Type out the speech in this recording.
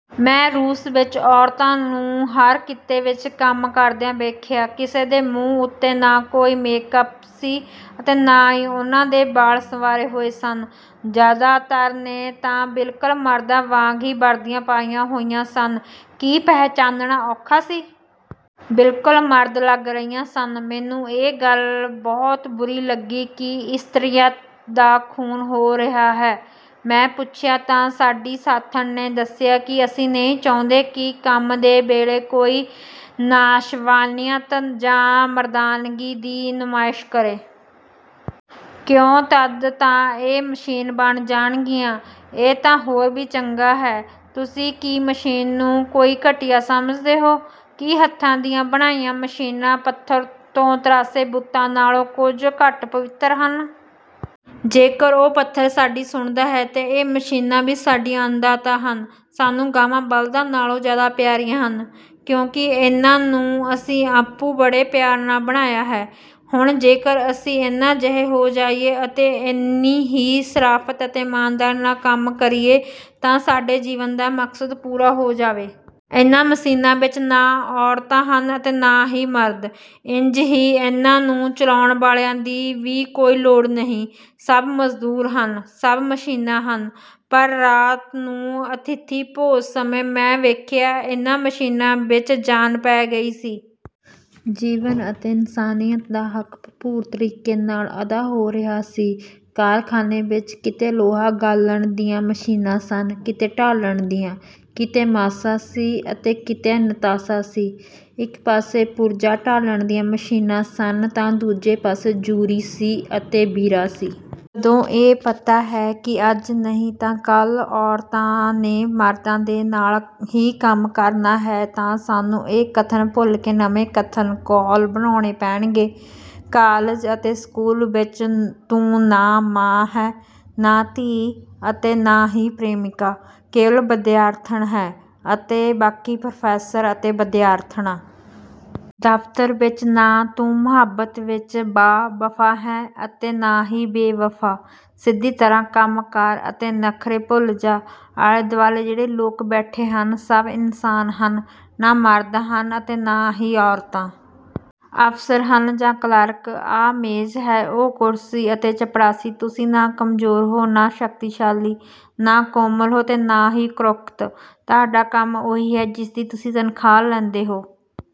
ਮੈਂ ਰੂਸ ਵਿੱਚ ਔਰਤਾਂ ਨੂੰ ਹਰ ਕਿੱਤੇ ਵਿੱਚ ਕੰਮ ਕਰਦਿਆਂ ਵੇਖਿਆ। ਕਿਸੇ ਦੇ ਮੂੰਹ ਉੱਤੇ ਨਾ ਕੋਈ ਮੇਕ-ਅੱਪ ਸੀ ਅਤੇ ਨਾ ਹੀ ਉਹਨਾਂ ਦੇ ਵਾਲ ਸੰਵਾਰੇ ਹੋਏ ਸਨ। ਜ਼ਿਆਦਾਤਰ ਨੇ ਤਾਂ ਬਿਲਕੁਲ ਮਰਦਾਂ ਵਾਂਗ ਹੀ ਵਰਦੀਆਂ ਪਾਈਆਂ ਹੋਈਆਂ ਸਨ ਕਿ ਪਹਿਚਾਨਣਾ ਔਖਾ ਸੀ। ਬਿਲਕੁਲ ਮਰਦ ਲੱਗ ਰਹੀਆਂ ਸਨ। ਮੈਨੂੰ ਇਹ ਗੱਲ ਬਹੁਤ ਬੁਰੀ ਲੱਗੀ ਕਿ 'ਇਸਤਰੀਅਤ' ਦਾ ਖੂਨ ਹੋ ਰਿਹਾ ਹੈ। ਮੈਂ ਪੁੱਛਿਆ ਤਾਂ ਸਾਡੀ ਸਾਥਣ ਨੇ ਦੱਸਿਆ ਕਿ 'ਅਸੀਂ ਨਹੀਂ ਚਾਹੁੰਦੇ ਕਿ ਕੰਮ ਦੇ ਵੇਲੇ ਕੋਈ 'ਨਸਵਾਨੀਅਤ' ਜਾਂ 'ਮਰਦਾਨਗੀ' ਦੀ ਨੁਮਾਇਸ਼ ਕਰੇ।' 'ਕਿਉਂ? ਤਦ ਤਾਂ ਇਹ ਮਸ਼ੀਨ ਬਣ ਜਾਣਗੀਆਂ।' 'ਇਹ ਤਾਂ ਹੋਰ ਵੀ ਚੰਗਾ ਹੈ। ਤੁਸੀਂ ਕੀ ਮਸ਼ੀਨ ਨੂੰ ਕੋਈ ਘਟੀਆ ਸਮਝਦੇ ਹੋ? ਕੀ ਹੱਥਾਂ ਦੀਆਂ ਬਣਾਈਆਂ ਮਸ਼ੀਨਾਂ ਪੱਥਰ ਤੋਂ ਤਰਾਸ਼ੇ ਬੁੱਤ ਨਾਲੋਂ ਕੁਝ ਘੱਟ ਪਵਿੱਤਰ ਹਨ? ਜੇਕਰ ਉਹ ਪੱਥਰ ਸਾਡੀ ਸੁਣਦਾ ਹੈ ਤਾਂ ਇਹ ਮਸ਼ੀਨਾਂ ਵੀ ਸਾਡੀਆਂ ਅੰਨ-ਦਾਤਾ ਹਨ। ਸਾਨੂੰ ਗਾਵਾਂ-ਬਲਦਾਂ ਨਾਲੋਂ ਜ਼ਿਆਦਾ ਪਿਆਰੀਆਂ ਹਨ। ਕਿਉਂਕਿ ਇਹਨਾਂ ਨੂੰ ਅਸੀਂ ਆਪੂੰ ਬੜੇ ਪਿਆਰ ਨਾਲ ਬਣਾਇਆ ਹੈ। ਹੁਣ ਜੇਕਰ ਅਸੀਂ ਇਹਨਾਂ ਜਿਹੇ ਹੋ ਜਾਈਏ ਅਤੇ ਇੰਨੀ ਹੀ ਸ਼ਰਾਫਤ ਅਤੇ ਈਮਾਨਦਾਰੀ ਨਾਲ ਕੰਮ ਕਰੀਏ ਤਾਂ ਸਾਡੇ ਜੀਵਨ ਦਾ ਮਕਸਦ ਪੂਰਾ ਹੋ ਜਾਵੇ। ਇਹਨਾਂ ਮਸ਼ੀਨਾਂ ਵਿੱਚ ਨਾ ਔਰਤਾਂ ਹਨ ਅਤੇ ਨਾ ਹੀ ਮਰਦ। ਇੰਝ ਹੀ ਇਹਨਾਂ ਨੂੰ ਚਲਾਉਣ ਵਾਲਿਆਂ ਦੀ ਵੀ ਕੋਈ ਲੋੜ ਨਹੀਂ। ਸਭ ਮਜ਼ਦੂਰ ਹਨ, ਸਭ ਮਸ਼ੀਨਾਂ ਹਨ।' ਪਰ ਰਾਤ ਨੂੰ ਅਤਿਥੀ-ਭੋਜ ਸਮੇਂ ਮੈਂ ਵੇਖਿਆ ਇਹਨਾਂ ਮਸ਼ੀਨਾਂ ਵਿੱਚ ਜਾਨ ਪੈ ਗਈ ਸੀ। ਜੀਵਨ ਅਤੇ ਇਨਸਾਨੀਅਤ ਦਾ ਹੱਕ ਭਰਪੂਰ ਤਰੀਕੇ ਨਾਲ ਅਦਾ ਹੋ ਰਿਹਾ ਸੀ। ਕਾਰਖਾਨੇ ਵਿੱਚ ਕਿਤੇ ਲੋਹਾ ਗਾਲ੍ਹਣ ਦੀਆਂ ਮਸ਼ੀਨਾਂ ਸਨ, ਕਿਤੇ ਢਾਲਣ ਦੀਆਂ, ਕਿਤੇ 'ਮਾਸ਼ਾ' ਸੀ ਤਾਂ ਕਿਤੇ 'ਨਤਾਸ਼ਾ' ਸੀ। ਇੱਕ ਪਾਸੇ ਪੁਰਜ਼ੇ ਢਾਲਣ ਦੀਆਂ ਮਸ਼ੀਨਾਂ ਸਨ ਤਾਂ ਦੂਜੇ ਪਾਸੇ 'ਜੁਰੀ' ਸੀ ਅਤੇ 'ਵੀਰਾ' ਸੀ। ਜਦੋਂ ਇਹ ਪਤਾ ਹੈ ਕਿ ਅੱਜ ਨਹੀਂ ਤਾਂ ਕੱਲ੍ਹ ਔਰਤਾਂ ਨੇ ਮਰਦਾਂ ਦੇ ਨਾਲ ਹੀ ਕੰਮ ਕਰਨਾ ਹੈ ਤਾਂ ਸਾਨੂੰ ਇਹ ਕਥਨ ਭੁੱਲ ਕੇ ਨਵੇਂ ਕਥਨ/ਕੌਲ ਬਣਾਉਣੇ ਪੈਣਗੇ:- ਕਾਲਜ ਅਤੇ ਸਕੂਲ ਵਿੱਚ ਤੂੰ ਨਾ ਮਾਂ ਹੈਂ ਨਾ ਧੀ ਅਤੇ ਨਾ ਹੀ ਪ੍ਰੇਮਿਕਾ--ਕੇਵਲ ਵਿਦਿਆਰਥਣ ਹੈਂ ਅਤੇ ਬਾਕੀ ਪ੍ਰੋਫੈਸਰ ਅਤੇ ਵਿਦਿਆਰਥਣਾਂ। ਦਫ਼ਤਰ ਵਿੱਚ ਨਾ ਤੂੰ ਮੁਹੱਬਤ ਵਿੱਚ ਬਾ-ਵਫ਼ਾ ਹੈਂ ਅਤੇ ਨਾ ਹੀ ਬੇ-ਵਫ਼ਾ। ਸਿੱਧੀ ਤਰ੍ਹਾਂ ਕੰਮ ਕਰ ਅਤੇ ਨਖ਼ਰੇ ਭੁੱਲ ਜਾ। ਆਲੇ-ਦੁਆਲੇ ਜਿਹੜੇ ਲੋਕ ਬੈਠੇ ਹਨ ਸਭ ਇਨਸਾਨ ਹਨ: ਨਾ ਮਰਦ ਹਨ ਅਤੇ ਨਾ ਹੀ ਔਰਤਾਂ। ਅਫਸਰ ਹਨ ਜਾਂ ਕਲਰਕ, ਆਹ ਮੇਜ਼ ਹੈ, ਔਹ ਕੁਰਸੀ ਅਤੇ ਚਪੜਾਸੀ। ਤੁਸੀਂ ਨਾ ਕਮਜ਼ੋਰ ਹੋ ਨਾ ਸ਼ਕਤੀਸ਼ਾਲੀ, ਨਾ ਕੋਮਲ ਅਤੇ ਨਾ ਹੀ ਕੁਰੱਖਤ। ਤੁਹਾਡਾ ਕੰਮ ਉਹੀ ਹੈ ਜਿਸਦੀ ਤੁਸੀਂ ਤਨਖ਼ਾਹ ਲੈਂਦੇ ਹੋ।